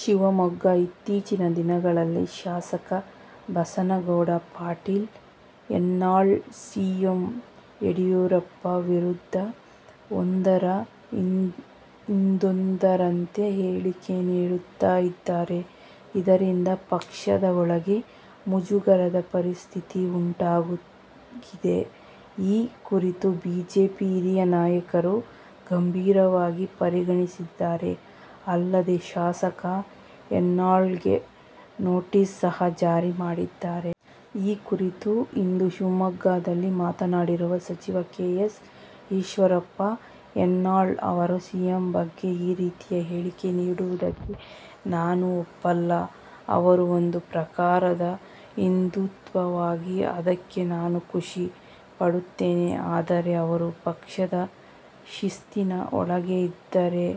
ಶಿವಮೊಗ್ಗ; ಇತ್ತೀಚಿನ ದಿನಗಳಲ್ಲಿ ಶಾಸಕ ಬಸನಗೌಡ ಪಾಟೀಲ್ ಯತ್ನಾಳ್ ಸಿಎಂ ಯಡಿಯೂರಪ್ಪ ವಿರುದ್ದ ಒಂದರ ಹಿಂದೊಂದರಂತೆ ಹೇಳಿಕೆ ನೀಡುತ್ತಲೇ ಇದ್ದಾರೆ. ಇದರಿಂದ ಪಕ್ಷದ ಒಳಗೆ ಮುಜುಗರದ ಪರಿಸ್ಥಿತಿ ಉಂಟಾಗಿದೆ. ಈ ಕುರಿತು ಬಿಜೆಪಿ ಹಿರಿಯ ನಾಯಕರು ಗಂಭೀರವಾಗಿ ಪರಿಗಣಿಸಿದ್ದಾರೆ. ಅಲ್ಲದೆ, ಶಾಸಕ ಯತ್ನಾಳ್ಗೆ ನೊಟೀಸ್ ಸಹ ಜಾರಿ ಮಾಡಿದ್ದಾರೆ. ಈ ಕುರಿತು ಇಂದು ಶಿವಮೊಗ್ಗದಲ್ಲಿ ಮಾತನಾಡಿರುವ ಸಚಿವ ಕೆ. ಎಸ್. ಈಶ್ವರಪ್ಪ, "ಯತ್ನಾಳ್ ಅವರು ಸಿಎಂ ಬಗ್ಗೆ ಈ ರೀತಿಯ ಹೇಳಿಕೆ ನೀಡುವುದಕ್ಕೆ ನಾನು ಒಪ್ಪಲ್ಲ. ಅವರು ಒಂದು ಪ್ರಕಾರದ ಹಿಂದೂತ್ವವಾದಿ ಅದಕ್ಕೆ ನಾನು ಖುಷಿ ಪಡುತ್ತೇನೆ. ಆದರೆ, ಅವರು ಪಕ್ಷದ ಶಿಸ್ತಿನ ಒಳಗೆ ಇದ್ದರೆ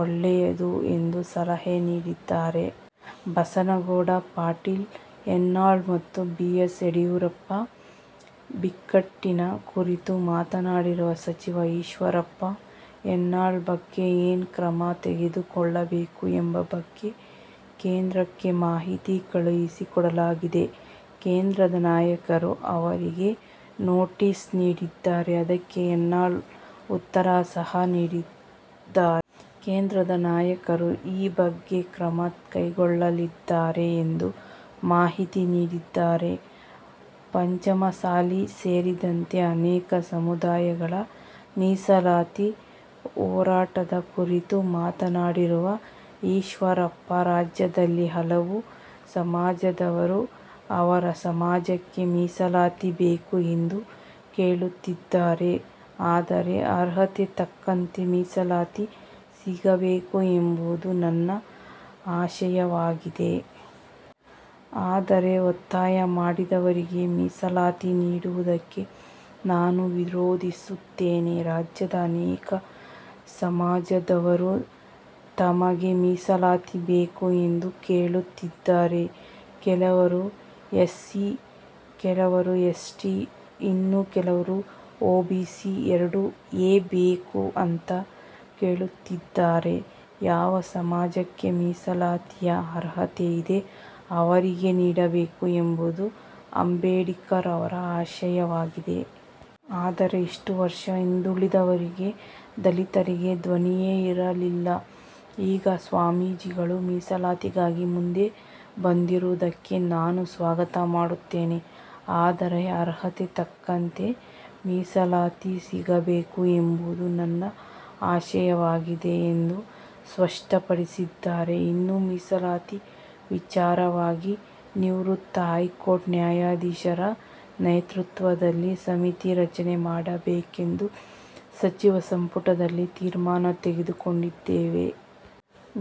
ಒಳ್ಳೆಯದು" ಎಂದು ಸಲಹೆ ನೀಡಿದ್ದಾರೆ. ಬಸನಗೌಡ ಪಾಟೀಲ್ ಯತ್ನಾಳ್ ಮತ್ತು ಬಿ. ಎಸ್. ಯಡಿಯೂರಪ್ಪ ಬಿಕ್ಕಟ್ಟಿನ ಕುರಿತು ಮಾತನಾಡಿರುವ ಸಚಿವ ಈಶ್ವರಪ್ಪ, "ಯತ್ನಾಳ್ ಬಗ್ಗೆ ಏನು ಕ್ರಮ ತೆಗೆದು ಕೊಳ್ಳಬೇಕು? ಎಂಬ ಬಗ್ಗೆ ಕೇಂದ್ರಕ್ಕೆ ಮಾಹಿತಿ ಕಳುಹಿಸಿ ಕೊಡಲಾಗಿದೆ. ಕೇಂದ್ರದ ನಾಯಕರು ಅವರಿಗೆ ನೋಟಿಸ್ ನೀಡಿದ್ದಾರೆ. ಅದಕ್ಕೆ ಯತ್ನಾಳ್ ಉತ್ತರ ಸಹ ನೀಡಿದ್ದಾರೆ. ಕೇಂದ್ರದ ನಾಯಕರು ಈ ಬಗ್ಗೆ ಕ್ರಮ ಕೈಗೊಳ್ಳಲಿದ್ದಾರೆ" ಎಂದು ಮಾಹಿತಿ ನೀಡಿದ್ದಾರೆ. ಪಂಚಮಸಾಲಿ ಸೇರಿದಂತೆ ಅನೇಕ ಸಮುದಾಯಗಳ ಮೀಸಲಾತಿ ಹೋರಾಟದ ಕುರಿತು ಮಾತನಾಡಿರುವ ಈಶ್ವರಪ್ಪ, "ರಾಜ್ಯದಲ್ಲಿ ಹಲವು ಸಮಾಜದವರು ಅವರ ಸಮಾಜಕ್ಕೆ ಮೀಸಲಾತಿ ಬೇಕು ಎಂದು ಕೇಳುತ್ತಿದ್ದಾರೆ. ಆದರೆ ಅರ್ಹತೆ ತಕ್ಕಂತೆ ಮೀಸಲಾತಿ ಸಿಗಬೇಕು ಎಂಬುದು ನನ್ನ ಆಶಯವಾಗಿದೆ. ಆದರೆ, ಒತ್ತಾಯ ಮಾಡಿದವರಿಗೆ ಮೀಸಲಾತಿ ನೀಡುವುದಕ್ಕೆ ನಾನು ವಿರೋಧಿಸುತ್ತೇನೆ. ರಾಜ್ಯದಲ್ಲಿ ಅನೇಕ ಸಮಾಜದವರು ತಮಗೆ ಮೀಸಲಾತಿ ಬೇಕು ಎಂದು ಕೇಳುತ್ತಿದ್ದಾರೆ. ಕೆಲವರು ಎಸ್ಸಿ, ಕೆಲವರು ಎಸ್ಟಿ, ಇನ್ನು ಕೆಲವರು ಒಬಿಸಿ, ಎರಡು ಎ ಬೇಕು ಅಂತ ಕೇಳುತ್ತಿದ್ದಾರೆ. ಯಾವ ಸಮಾಜಕ್ಕೆ ಮೀಸಲಾತಿಯ ಅರ್ಹತೆ ಇದೆ ಅವರಿಗೆ ನೀಡಬೇಕು ಎಂಬುದು ಅಂಬೇಡ್ಕರ್ ಅವರ ಆಶಯವಾಗಿದೆ. ಆದರೆ ಇಷ್ಟು ವರ್ಷ ಹಿಂದುಳಿದವರಿಗೆ ದಲಿತರಿಗೆ ಧ್ವನಿಯೇ ಇರಲಿಲ್ಲ. ಈಗ ಸ್ವಾಮೀಜಿಗಳು ಮೀಸಲಾತಿಗಾಗಿ ಮುಂದೆ ಬಂದಿರುವುದಕ್ಕೆ ನಾನು ಸ್ವಾಗತ ಮಾಡುತ್ತೇನೆ. ಆದರೆ, ಅರ್ಹತೆ ತಕ್ಕಂತೆ ಮೀಸಲಾತಿ ಸಿಗಬೇಕು ಎಂಬುದು ನನ್ನ ಆಶಯವಾಗಿದೆ" ಎಂದು ಸ್ಪಷ್ಟಪಡಿಸಿದ್ದಾರೆ. "ಇನ್ನು ಮೀಸಲಾತಿ ವಿಚಾರವಾಗಿ ನಿವೃತ್ತ ಹೈಕೋರ್ಟ್ ನ್ಯಾಯಾಧೀಶರ ನೇತೃತ್ವದಲ್ಲಿ ಸಮಿತಿ ರಚನೆ ಮಾಡಬೇಕೆಂದು ಸಚಿವ ಸಂಪುಟದಲ್ಲಿ ತೀರ್ಮಾನ ತೆಗೆದು ಕೊಂಡಿದ್ದೇವೆ.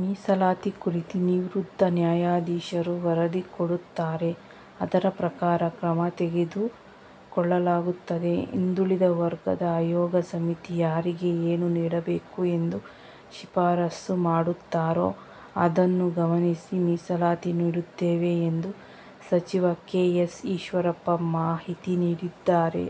ಮೀಸಲಾತಿ ಕುರಿತು ನಿವೃತ್ತ ನ್ಯಾಯಾಧೀಶರು ವರದಿ ಕೊಡುತ್ತಾರೆ. ಅದರ ಪ್ರಕಾರ ಕ್ರಮ ತೆಗೆದು ಕೊಳ್ಳಲಾಗುತ್ತದೆ. ಹಿಂದುಳಿದ ವರ್ಗದ ಆಯೋಗ ಸಮಿತಿ ಯಾರಿಗೆ ಏನು ನೀಡಬೇಕು ಎಂದು ಶಿಫಾರಸು ಮಾಡುತ್ತಾರೋ ಅದನ್ನು ಗಮನಿಸಿ ಮೀಸಲಾತಿ ನೀಡುತ್ತೇವೆ" ಎಂದು ಸಚಿವ ಕೆ. ಎಸ್. ಈಶ್ವರಪ್ಪ ಮಾಹಿತಿ ನೀಡಿದ್ದಾರೆ.